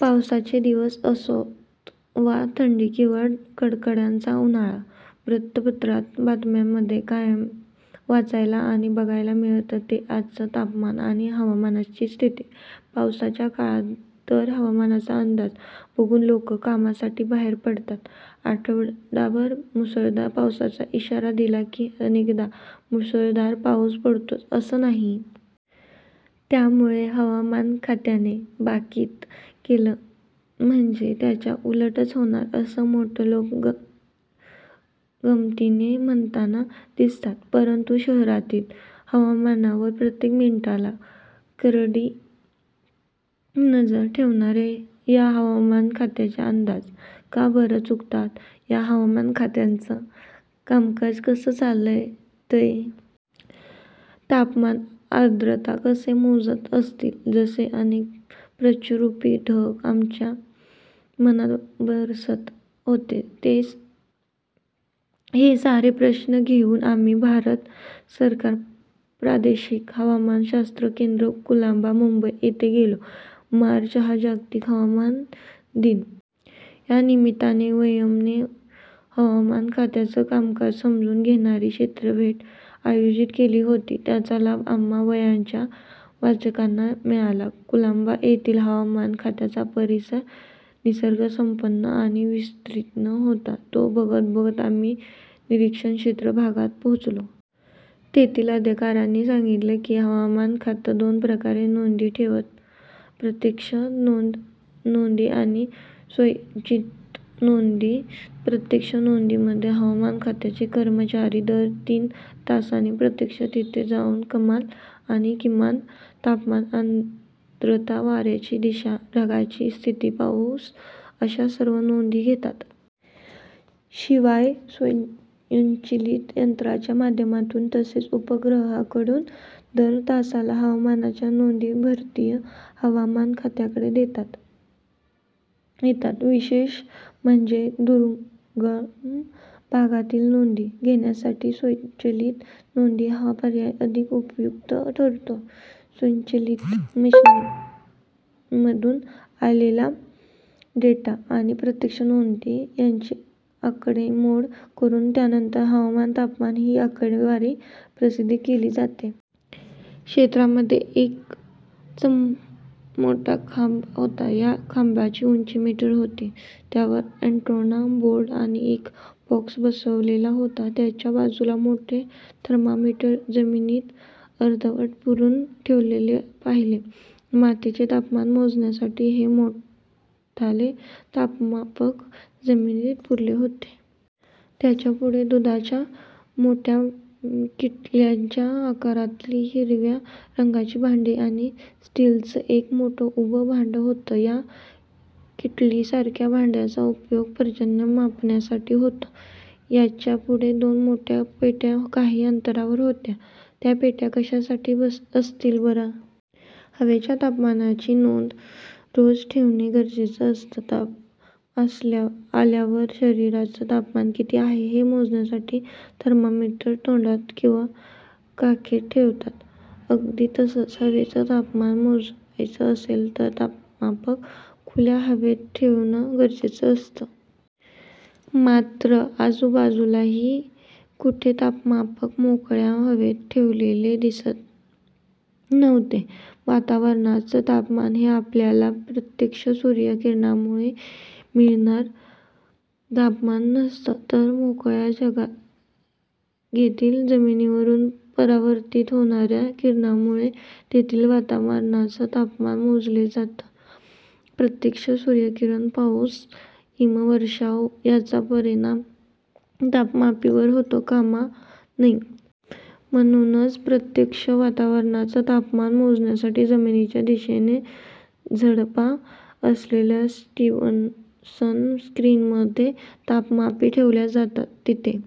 पावसाचे दिवस असोत, वा थंडी किंवा कडाक्याचा उन्हाळा, वृत्तपत्रात बातम्यांमध्ये कायम वाचायला आणि बघायला मिळतं ते आजचं तापमान आणि हवामानाची स्थिती. पावसाच्या काळात तर हवामानाचा अंदाज बघून लोक कामासाठी बाहेर पडतात. आठवडाभर मुसळधार पावसाचा इशारा दिला की, अनेकदा मुसळधार पाऊस पडतोच असं नाही. त्यामुळे हवामान खात्याने भाकीत केलं म्हणजे त्याच्या उलटच होणार, असं मोठे लोक गमतीने म्हणताना दिसतात. परंतु शहरातील हवामानावर प्रत्येक मिनिटाला करडी नजर ठेवणाऱ्या या हवामान खात्याचे अंदाज का बरं चुकतात? या हवामान खात्याचं कामकाज कसं चालतं? तापमान, आर्द्रता कसे मोजत असतील? असे अनेक प्रश्नरूपी ढग आमच्या मनात बरसत होते. हे सारे प्रश्न घेऊन आम्ही 'भारत सरकार प्रादेशिक हवामान शास्त्र केंद्र- कुलाबा, मुंबई' इथे गेलो. मार्च हा जागतिक हवामान दिन. या निमित्ताने 'वयम्'ने हवामान खात्याचं कामकाज समजून घेणारी क्षेत्रभेट आयोजित केली होती. त्याचा लाभ आम्हां 'वयम्'च्या वाचकांना मिळाला. कुलाबा येथील हवामान खात्याचा परिसर निसर्गसंपन्न आणि विस्तीर्ण होता. तो बघत बघत आम्ही 'निरीक्षण क्षेत्र' भागात पोहोचलो. तेथील अधिकाऱ्यांनी सांगितलं की, हवामान खातं दोन प्रकारे नोंदी ठेवतं- प्रत्यक्ष नोंदी आणि स्वयंचलित नोंदी. प्रत्यक्ष नोंदीमध्ये हवामान खात्याचे कर्मचारी दर तीन तासांनी प्रत्यक्ष तिथे जाऊन कमाल आणि किमान तापमान, आर्द्रता, वाऱ्यांची दिशा, ढगांची स्थिती, पाऊस अशा सर्व नोंदी घेतात. शिवाय, स्वयंचलित यंत्राच्या माध्यमातून, तसेच उपग्रहाकडून दर तासाला हवामानाच्या नोंदी भारतीय हवामान खात्याकडे येतात. विशेष म्हणजे दुर्गम भागातील नोंदी घेण्यासाठी स्वयंचलित नोंदी हा पर्याय अधिक उपयुक्त ठरतो. स्वयंचलित मशीनमधून आलेला डेटा आणि प्रत्यक्ष नोंदी यांची आकडेमोड करून त्यानंतर हवामान, तापमान ही आकडेवारी प्रसिद्ध केली जाते. क्षेत्रामध्ये एक चा मोठा खांब होता. या खांबाची उंची मीटर होती. त्यावर अँटीना, बोर्ड आणि एक बॉक्स बसवलेला होता. त्याच्या बाजूला मोठे थर्मामीटर जमिनीत अर्धवट पुरून ठेवलेले पाहिले. मातीचे तापमान मोजण्यासाठी हे मोठाले तापमापक जमिनीत पुरले होते. त्याच्या पुढे दुधाच्या मोठ्या किटल्यांच्या आकारांतली हिरव्या रंगाची भांडी आणि स्टीलचं एक मोठं उभं भांडं होतं. या किटलीसारख्या भांड्यांचा उपयोग पर्जन्यमापनासाठी होतो. याच्यापुढे दोन मोठ्या पेट्या काही अंतरावर होत्या. त्या पेट्या कशासाठी असतील बरं? हवेच्या तापमानाची नोंद रोज ठेवणं गरजेचं असतं. ताप आल्यावर शरीराचं तापमान किती आहे हे मोजण्यासाठी थर्मामीटर तोंडात किंवा काखेत ठेवतात. अगदी तसंच, हवेचं तापमान मोजायचं असेल तर तापमापक खुल्या हवेत ठेवणं गरजेचं असतं. मात्र आजूबाजूलाही कुठे तापमापक मोकळ्या हवेत ठेवलेले दिसत नव्हते. वातावरणाचं तापमान हे आपल्याला प्रत्यक्ष सूर्यकिरणांमुळे मिळणारं तापमान नसतं; तर मोकळ्या जागेतील जमिनीवरून परावर्तीत होणाऱ्या किरणांमुळे तेथील वातावरणाचं तापमान मोजलं जातं. प्रत्यक्ष सूर्यकिरण, पाऊस, हिमवर्षाव यांचा परिणाम तापमापीवर होता कामा नये. म्हणूनच प्रत्यक्ष वातावरणाचं तापमान मोजण्यासाठी जमिनीच्या दिशेने झडपा असलेल्या 'स्टीवनसन स्क्रीन'मध्ये तापमापी ठेवल्या जातात. तिथे